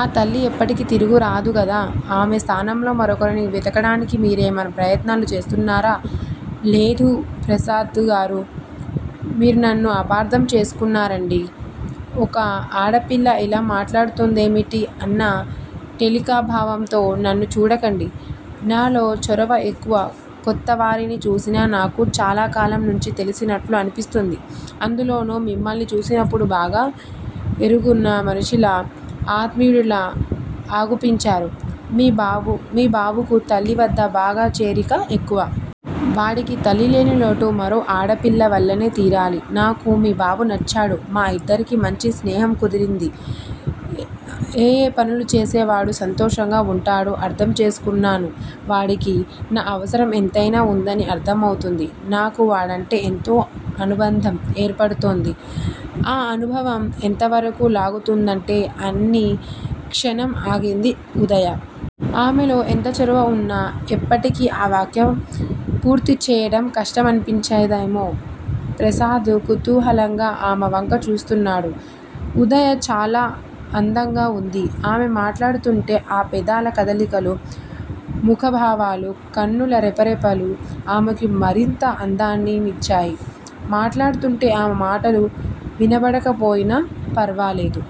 ఆ తల్లి ఎప్పటికి తిరిగిరాడు కదా! ఆమె స్థానంలో మరికరిని వెదకడానికి మీరేమైనా ప్రయత్నాలు చేస్తున్నారా? లేదు ప్రసాదుగారూ మీరునన్నపార్దంచేసుకోకండి ఒక ఆడపిల్ల ఇలా మాట్లాడుతొందేమిటీ అన్న టెలికభావంతో నన్ను చూడకండి. నాలో చొరవ ఎక్కువ కొత్తవారిని చూసినా నాకు చాలాకాలంనుంచి తెలిసినట్లే అనిపిస్తుంది. అందులోనూ మిమ్మల్ని చూసినప్పుడు బాగా ఎరుగున్నమనిషిలా అత్మీయుడిలా అగుపించారు మీ బాబుకు తల్లివద్ద బాగాచేరిక ఎక్కువ. వాడికి తల్లిలేనిలోటు మరోఆడపిల్లవల్లనే తీరాలి. నాకు మీ బాబు నచ్చాడు. మా ఇద్దరికీ మంచి స్నేహంకుదిరింది. ఏయే పనులు చేస్తే వాడు సంతోషంగా వుంటాడో అర్ధంచేసుకున్నను వాడికి నా అవసరం ఎంతైనా వుందని అర్ధమవుతోంది. నాకూ వాడంటే ఏదో అనుబంధం ఏర్పడుతోంది ఆ అనుభవం ఎంతవరకూ లాగుతున్నదంటే అని క్షణం ఆగింది ఉదయ. ఆమెలో ఎంత చొరవ వున్న ఎప్పటికీ ఆ వాక్యం పూర్తీచేయడం కష్టమనిపించిందామెకు. ప్రసాదు కుతూహలంగా ఆమెవంక చూస్తున్నాడు. ఉదయ చాలా అందంగావుంది. ఆమె మాట్లాడుతూంటే ఆ పెదవుల కదలికలు, ముఖాభావాలు, కన్నుల రెపరెపలు ఆమెకు మరింత అందాన్ని నిచ్చాయి. మాట్లాడుతూంటే ఆమె మాటలు వినబడకపోయినా ఫర్వాలేదు.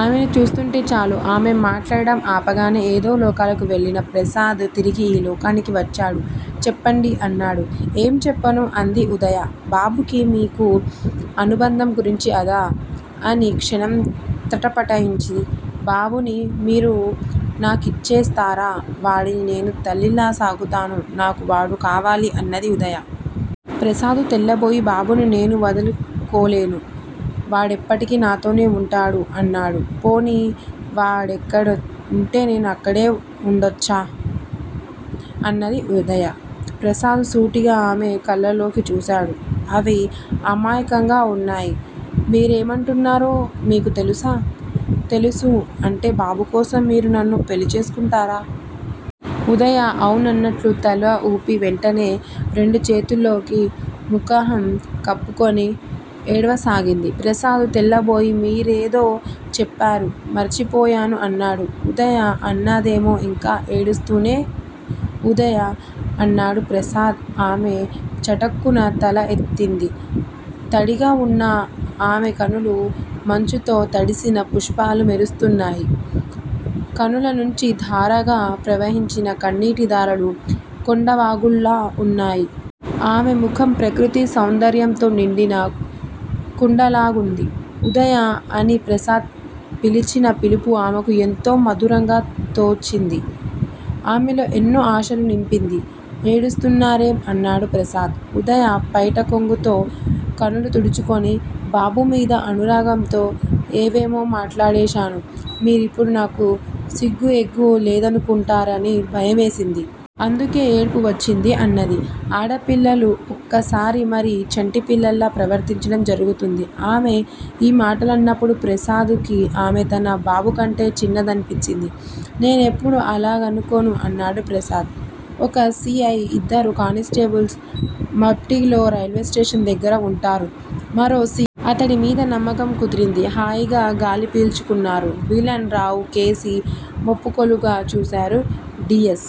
ఆమెను చూస్తుంటే చాలు. ఆమె మాట్లాడడం ఆపగానే ఏదో లోకాలకు వెళ్ళిన ప్రసాదు తిరిగి ఈ లోకానికి వచ్చాడు చెప్పండి! అన్నాడు. ఏంచెప్పను? అంది ఉదయ. బాబుకీ మీకూ అనుబంధం గురించి అదా? అని క్షణం తటపటాయించి _ బాబుని మీరు నాకిచ్చస్తారా? వాడిని నేను తల్లిలా సాకుతాను నాకు వాడు కావాలి అన్నది ఉదయ. ప్రసాదు తెల్లబోయి __ బాబును నేను వదులుకోలేను. వాడేప్పటికి నాతోనే వుంటాడు అన్నాడు. పోనీ వావాడేక్కడుంటే నేనూ అక్కడే ఉండొచ్చా? అన్నది ఉదయ. ప్రసాదు సూటిగా ఆమె కనులలోకి చూశాడు. అవి అమాయకంగా ఉన్నాయి. మీరేమంటున్నారో మీకు తెలుసా? తెలుసు అంటే బాబుకోసం మీరు నన్ను పెళ్ళిచేసుకుంటారా? ఉదయ అవునన్నట్లు తలఊపి వెంటనే రెండుచేతుల్లోకి ముకహం కప్పుకుని ఏడ్వసాగింది. ప్రసాద్ తెల్లబోయి మీరేదో చెప్పారు. మరచిపోయాను అన్నాడు. ఉదయ అన్నదేమె ఇంకా ఏడుస్తూనే ఉదయా! అన్నాడు ప్రసాదు. ఆమె చటుక్కున తలఎత్తింది. తడిగా ఉన్న ఆమెకనులు మంచుతో తడిసిన పుష్పాల్లా మెరుస్తున్నాయి. కనులనుంచి ధారగా ప్రవహించిన కన్నీటి దారులు కొండవాగుల్లా ఉన్నాయి. ఆమె ముఖం ప్రకృతి సౌందర్యంతో నిండిన కొండలాగున్నది. ఉదయా అని ప్రసాదు పిలిచినా పిలుపు ఆమెకు ఎంతో మధురంగా తోచింది. ఆమెలో ఎన్నో ఆశలునింపింది. ఏడుస్తున్నారేం? అన్నాడు ప్రసాదు. ఉదయ పైటకొంగుతో కనులుతుడుచుకుని బాబుమీద అనురాగంతో ఏవేమో మాట్లాడేశాను. మీరిప్పుడు నాకు సిగ్గూఎగ్గూ లేదనుకుంటారని భయమేసింది. అందుకే ఏడుపు వచ్చింది. అన్నది. ఆడపిల్లలు ఒకోసారి మరీ చంటి పిల్లల్లా ప్రవర్తించడం జరుగుతుంది. ఆమె ఈమాటలన్నప్పుడు ప్రసాడుకి ఆమె తన బాబుకంటే చిన్నదనిపించింది. నేనెప్పుడూ అలాగనుకొను అన్నాడు ప్రసాదు. ఒక సి. ఐ. ఇద్దరు కానిస్టేబుల్సూ, మాప్టీలో రైల్వేస్టేషన్ దగ్గిర వుంటారు. మరో సి. అతడిమీద నమ్మకం కుదిరింది. హాయిగా గాలి పీల్చుకున్నారు. విల్సన్ రావుకేసి మెప్పుకోలుగా చూశారు. డియస్